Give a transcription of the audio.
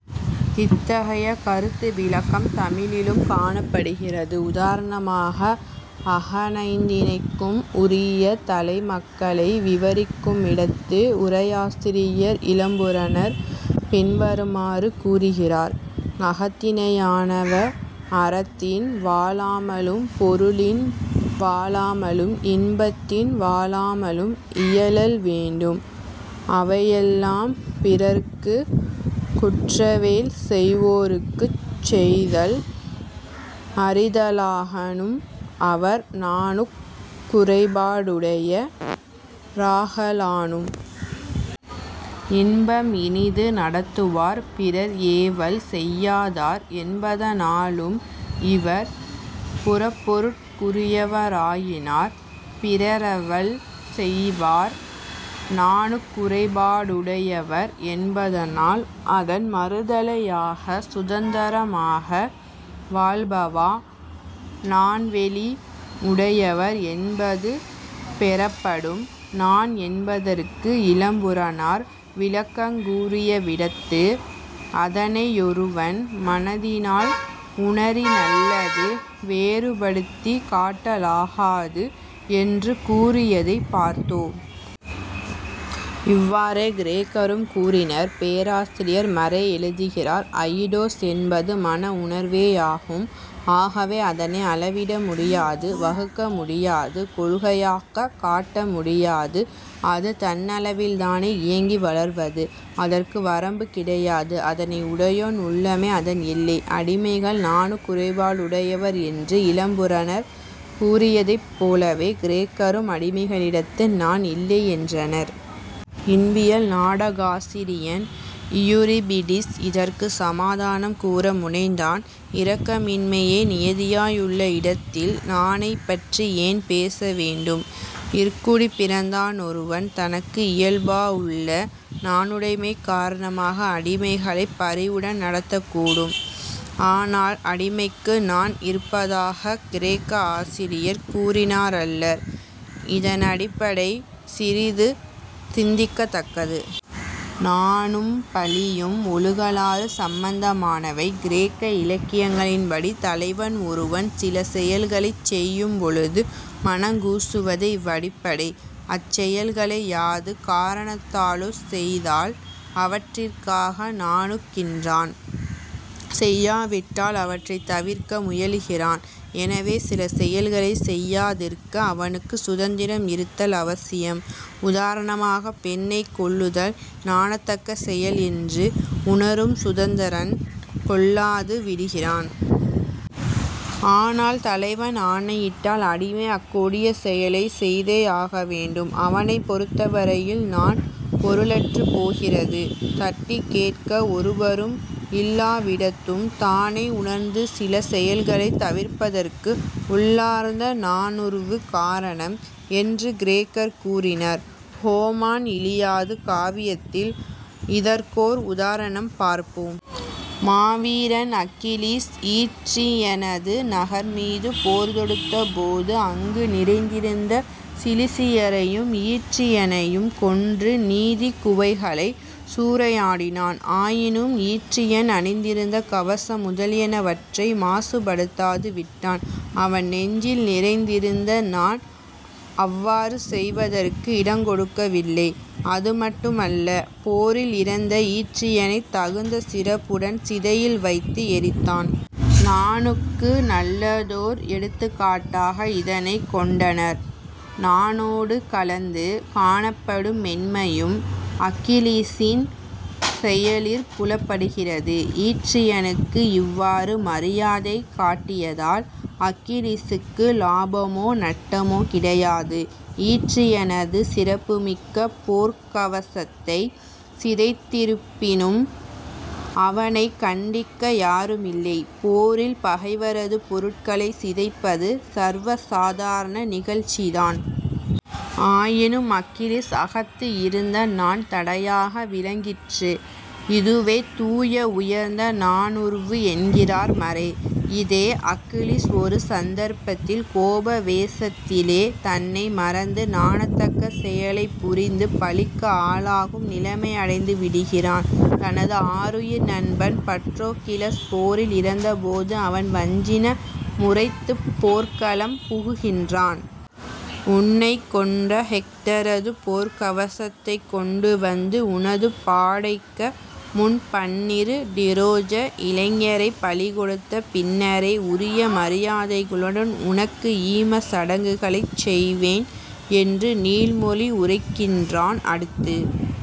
இத்தகைய கருத்து விளக்கம் தமிழிலும் காணப்படுகிறது. உதாரணமாக அகனைந்திணைக்கு உரிய தலைமக்களை விவரிக்குமிடத்து உரையாசிரியர் இளம்பூரணர் பின்வருமாறு கூறுகிறார். "அகத்திணையாவன அறத்தின் வழாமலும் பொருளின் வழாமலும் இன்பத்தின் வழாமலும் இயலல் வேண்டும்; அவையெல்லாம் பிறர்க்குக் குற்றவேல் செய்வோர்க்குச் செய்தல் அரிதாலாகனும், அவர் நாணுக் குறைபாடுடைய ராகலானும்.... இன்பம் இனிது நடத்துவார் பிறர் ஏவல் செய்யாதார் என்பதானாலும், இவர் புறப்பொருட் குரியராயினார். " பிறரேவல் செய்வார் நாணுக்குறைபாடுடையவர் என்பதனால், அதன் மறுதலையாகச் சுதந்தரமாக வாழ்பவா நாண்வேலி உடையவர் என்பது பெறப்படும். நாண் என்பதற்கு இளம்பூரணர் விளக்கங்கூறியவிடத்து, அதனையொருவன் 'மனத்தினால் உணரினல்லது வேறுபடுத்திக் காட்டலாகாது' என்று கூறியதைப் பார்த்தோம். இவ்வாறே கிரேக்கரும் கூறினர். பேராசிரியர் மறே எழுதுகிறார்: "அயிடோஸ் என்பது மன உணர்வேயாகும்; ஆகவே அதனை அளவிடமுடியாது; வகுக்க முடியாது; கொள்கையாகக் காட்ட முடியாது. அது தன்னளவில்தானே இயங்கி வளர்வது. அதற்கு வரம்பு கிடையாது. அதனை உடையோன் உள்ளமே அதன் எல்லை. " அடிமைகள் நாணுக்குறைபாடுடையவர் என்று இளம்பூரணர் கூறியதைப் போலவே கிரேக்கரும் அடிமைகளிடத்து நாண் இல்லையென்றனர். இன்பியல் நாடகாசிரியன் இயூரிபிடீஸ் இதற்குச் சமாதானம் கூற முனைந்தான். "இரக்கமின்மையே நியதியாயுள்ள இடத்தில் நாணைப் பற்றி ஏன் பேசவேண்டும்? " இற்குடிப்பிறந்தானொருவன் தனக்கு இயல்பாயுள்ள நாணுடைமை காரணமாக அடிமைகளைப் பரிவுடன் நடத்தக்கூடும். ஆனால் அடிமைக்கு நாண் இருப்பதாகக் கிரேக்க ஆசிரியர்கள் கூறினாரல்லர். இதனடிப்படை சிறிது சிந்திக்கத் தக்கது. நாணும் பழியும் ஒழுகலாறு சம்பந்தமானவை. கிரேக்க இலக்கியங்களின்படி தலைவன் ஒருவன் சில செயல்களைச் செய்யும்பொழுது மனங்கூசுவதே இவ்வடிப்படை. அச்செயல்களை யாது காரணத்தாலோ செய்தால் அவற்றிற்காக நாணுகின்றான்; செய்யாவிட்டால் அவற்றைத் தவிர்க்க முயல்கிறான். எனவே, சில செயல்களைச் செய்யாதிருக்க அவனுக்குச் சுதந்தரம் இருத்தல் அவசியம். உதாரணமாக, பெண்ணைக் கொல்லுதல் நாணத்தக்க செயல் என்று உணரும் சுதந்தரன் கொல்லாது விடுகிறான். ஆனால் தலைவன் ஆணையிட்டால் அடிமை அக்கொடிய செயலைச் செய்தேயாக வேண்டும். அவனைப் பொறுத்தவரையில் நாண் பொருளற்றுப் போகிறது. தட்டிக் கேட்க ஒருவரும் இல்லாதவிடத்தும் தானே உணர்ந்து சில செயல்களைத் தவிர்ப்பதற்கு உள்ளார்ந்த நாணுர்வு காரணம் என்று கிரேக்கர் கூறினர். ஹோமான் இலியாது காவியத்தில் இதற்கோர் உதாரணம் பார்ப்போம். மாவீரன் அக்கிலீஸ் ஈற்றியனது நகர்மீது போர்தொடுத்தபோது, அங்கு நிறைந்திருந்த சிலிசியரையும் ஈற்றியனையும் கொன்று, நிதிக் குவைகளைச் சூறையாடினான். ஆயினும் ஈற்றியன் அணிந்திருந்த கவசம் முதலாயவற்றை மாசுபடுத்தாது விட்டான். அவன் நெஞ்சில் நிறைந்திருந்த நாண் அவ்வாறு செய்வதற்கு இடங்கொடுக்கவில்லை. அது மட்டுமல்ல. போரில் இறந்த ஈற்றியனைத் தகுந்த சிறப்புடன் சிதையில் வைத்து எரித்தான். நாணுக்கு நல்லதோர் எடுத்துக்காட்டாக இதனைக் கொண்டனர். நாணோடு கலந்து காணப்படும் மென்மையும் அக்கிலீசின் செயலிற் புலப்படுகிறது. ஈற்றியனுக்கு இவ்வாறு மரியாதை காட்டியதால் அக்க்லீசுக்கு லாபமோ நட்டமோ கிடையாது. ஈற்றியனது சிறப்புமிக்க போர்க்கவசத்தைச் சிதைத்திருப்பினும் அவனைக் கண்டிக்க யாருமில்லை. போரில் பகைவரது பொருட்களைச் சிதைப்பது சர்வ சாதாரண நிகழ்ச்சிதான். ஆயினும் அக்கிலீஸ் அகத்து இருந்த நாண் தடையாக விளங்கிற்று. "இதுவே தூய, உயர்ந்த நாணுர்வு" என்கிறார் மறே. இதே அக்கிலீஸ் ஒரு சந்தர்ப்பத்தில் கோபாவேசத்திலே தன்னை மறந்து நாணத்தக்க செயலைப் புரிந்து பழிக்கு ஆளாகும் நிலையையடைந்துவிடுகிறான். தனது ஆருயிர் நண்பன் பட்ரோகிளஸ் போரில் இறந்தபோது, அவன் வஞ்சின முரைத்துப் போர்க்களம் புகுகின்றான். "உன்னைக் கொன்ற ஹெக்டரது போர்க்கவசத்தைக் கொண்டு வந்து, உனது, பாடைக்க முன் பன்னிரு டிரோஜ இளைஞரைப் பலிகொடுத்த பின்னரே உரிய மரியதைகளுடன் உனக்கு ஈமக் சடங்குகளைச் செய்வேன்" என்று நீள்மொழி உரைக்கின்றான். அடுத்து